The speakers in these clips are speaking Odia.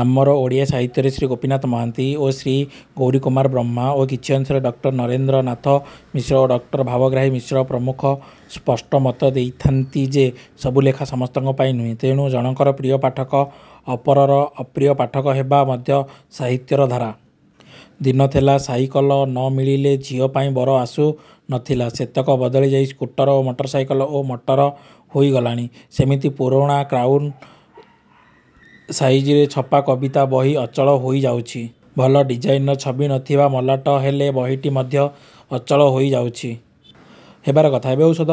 ଆମର ଓଡ଼ିଆ ସାହିତ୍ୟରେ ଶ୍ରୀ ଗୋପୀନାଥ ମହାନ୍ତି ଓ ଶ୍ରୀ ଗୌରୀକୁମାର ବ୍ରହ୍ମା ଓ କିଛି ଅଂଶରେ ଡକ୍ଟର ନରେନ୍ଦ୍ରନାଥ ମିଶ୍ର ଓ ଡକ୍ଟର ଭାବଗ୍ରାହୀ ମିଶ୍ର ପ୍ରମୁଖ ସ୍ପଷ୍ଟ ମତ ଦେଇଥାନ୍ତି ଯେ ସବୁ ଲେଖା ସମସ୍ତଙ୍କ ପାଇଁ ନୁହେଁ। ତେଣୁ ଜଣକର ପ୍ରିୟ ପାଠକ ଅପରର ଅପ୍ରିୟ ପାଠକ ହେବା ମଧ୍ୟ ସାହିତ୍ୟର ଧାରା। ଦିନ ଥିଲା ସାଇକଲ ନ ମିଳିଲେ ଝିଅପାଇଁ ବର ଆସୁ ନ ଥିଲା ସେତକ ବଦଳି ଯାଇ ସ୍କୁଟର, ମଟର ସାଇକଲ ଓ ମଟର ହୋଇ ଗଲାଣି। ସେମିତି ପୁରୁଣା କ୍ରାଉନ ସାଇଜରେ ଛାପା କବିତା ବହି ଅଚଳ ହେଇଯାଉଛି। ଭଲ ଡିଜାଇନର ଛବି ନ ଥିବା ମଲାଟ ହେଲେ ବହିଟି ମଧ୍ୟ ଅଚଳ ହେଇଯାଉଛି। ହେବାର କଥା–ଏବେ ଔଷଧ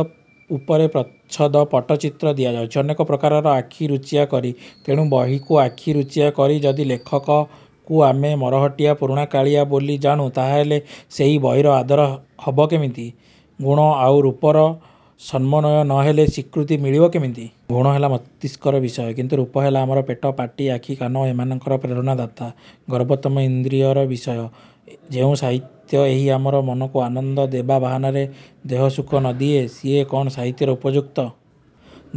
ଉପରେ ପ୍ରଚ୍ଛଦ ପଟ ଚିତ୍ର ଦିଆଯାଉଛି ଅନେକ ପ୍ରକାରର ଆଖି–ରୁଚିଆ କରି। ତେଣୁ ବହିକୁ ଆଖି ରୁଚିଆ କରି ଯଦି ଲେଖକକୁ ଆମେ ମରହଟିଆ ପୁରୁଣାକାଳିଆ ବୋଲି ଜାଣୁ ତାହାହେଲେ ସେହି ବହିର ଆଦର ହବ କେମିତି? ଗୁଣ ଆଉ ରୂପର ସମନ୍ୱୟ ନ ହେଲେ ସ୍ୱୀକୃତି ମିଳିବ କେମିତି? ଗୁଣ ତ ହେଲା ମସ୍ତିଷ୍କର ବିଷୟ। କିନ୍ତୁ ରୂପ ହେଲା ଆମର ପେଟ, ପାଟି, ଆଖିକାନ ଓ ଏମାନଙ୍କର ପ୍ରେରଣାଦାତା ବର୍ଗୋତ୍ତମ ଇନ୍ଦ୍ରିୟର ବିଷୟ। ଯେଉଁ ସାହିତ୍ୟ ଏହି ଆମର ମନକୁ ଆନନ୍ଦ ଦେବା ବାହାନାରେ ଦେହସୁଖ ନ ଦିଏ ସିଏ କ'ଣ ସାହିତ୍ୟର ଉପଯୁକ୍ତ?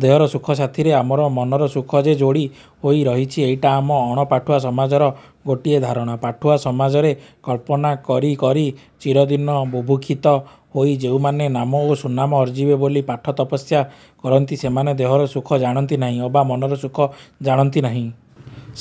ଦେହର ସୁଖ ସାଥିରେ ଆମର ମନର ସୁଖ ଯେ ଯୋଡ଼ି ହୋଇ ରହିଛି ଏଇଟା ଆମର ଅଣପାଠୁଆ ସମାଜର ଗୋଟିଏ ଧାରଣା। ପାଠୁଆ ସମାଜରେ କଳ୍ପନା କରି କରି ଚିରଦିନ ବୁଭୁକ୍ଷିତ ହୋଇ ଯେଉଁମାନେ ନାମ ଓ ସୁନାମ ଅର୍ଜିବେ ବୋଲି ପାଠ–ତପସ୍ୟା କରନ୍ତି ସେମାନେ ଦେହର ସୁଖ ଜାଣନ୍ତି ନାହିଁ ଅବା ମନର ସୁଖ ଜାଣନ୍ତି ନାହିଁ।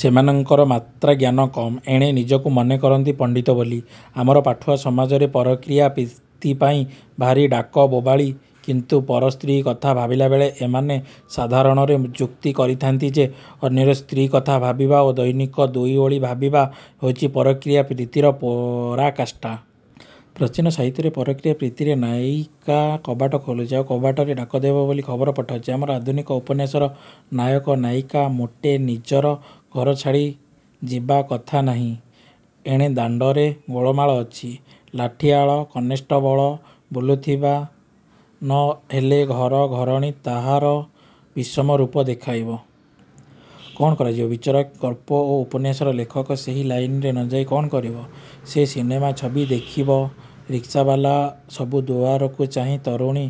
ସେମାନଙ୍କର ମାତ୍ରାଜ୍ଞାନ କମ୍। ଏଣେ ନିଜକୁ ମନେ କରନ୍ତି ପଣ୍ତିତ ବୋଲି। ଆମର ପାଠୁଆ ସମାଜରେ ପରକୀୟା ପ୍ରୀତିପାଇଁ ଭାରି ଡାକବୋବାଳୀ। କିନ୍ତୁ ପର ସ୍ତ୍ରୀ କଥା ଭାବିଲାବେଳେ ଏମାନେ ସାଧାରଣରେ ଯୁକ୍ତି କରିଥାନ୍ତି ଯେ ଅନ୍ୟର ସ୍ତ୍ରୀ'କଥା ଭାବିବା ଓ ଦୈନିକ ଦୁଇଓଳି ଭାବିବା ହେଉଛି ପରକୀୟା ପ୍ରୀତିର ପରାକାଷ୍ଠା। ପ୍ରାଚୀନ ସାହିତ୍ୟର ପରକୀୟା ପ୍ରୀତିରେ ନାୟିକା କବାଟ ଖୋଲୁଛି ଆଉ କବାଟରେ ଡାକ ଦେବ ବୋଲି ଖବର ପଠାଉଛି। ଆମର ଆଧୁନିକ ଉପନ୍ୟାସର ନାୟକ ନାୟିକା ମୋଟେ ନିଜର ଘର ଛାଡ଼ିଯିବା କଥା ନାହିଁ। ଏଣେ ଦାଣ୍ତରେ ଗୋଳମାଳ ଅଛି। ଲାଠିଆଳ କନଷ୍ଟେବଲ ବୁଲୁଥିବ। ନ ହେଲେ ଘରେ ଘରଣୀ ତାହାର ବିଷମ ରୂପ ଦେଖାଇବ। କ'ଣ କରାଯିବ? ବିଚରା ଗଳ୍ପ ଓ ଉପନ୍ୟାସର ଲେଖକ ସେହି ଲାଇନରେ ନ ଯାଇ କ'ଣ କରିବ? ସେ ସିନେମା ଛବି ଦେଖିବ। ରିକ୍ସାବାଲା ସବୁ ଦୁଆରକୁ ଚାହିଁ ତରୁଣୀ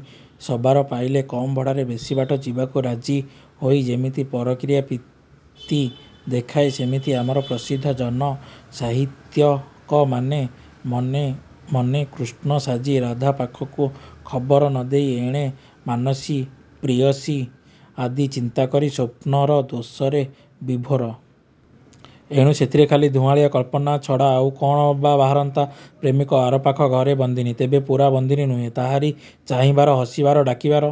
ସବାର ପାଇଲେ କମ୍ ଭଡ଼ାରେ ବେଶି ବାଟ ଯିବାକୁ ରାଜି ହୋଇ ଯେମିତି ପରକୀୟା ପ୍ରୀତି ଦେଖାଏ ସେମିତି ଆମର ପ୍ରସିଦ୍ଧ ଜନସାହିତ୍ୟିକମାନେ ମନେ ମନେ କୃଷ୍ଣ ସାଜି ରାଧା ପାଖକୁ ଖବର ନ ଦେଇ ଏଣେ ମାନସୀ ପ୍ରେୟସୀ ଆଦି ଚିନ୍ତାକରି ସ୍ୱପ୍ନର ଦୋଷରେ ବିଭୋର। ଏଣୁ ସେଥିରେ ଖାଲି ଧୂଆଁଳିଆ କଳ୍ପନା ଛଡ଼ା ଆଉ କ'ଣ ଅବା ବାହାରନ୍ତା? ପ୍ରେମିକା ଆର ପାଖ ଘରେ ବନ୍ଦିନୀ–ତେବେ ପୁରା ବନ୍ଦିନୀ ନୁହେଁ। ତାହାର ଚାହିଁବାର, ହସିବାର, ଡାକିବାର,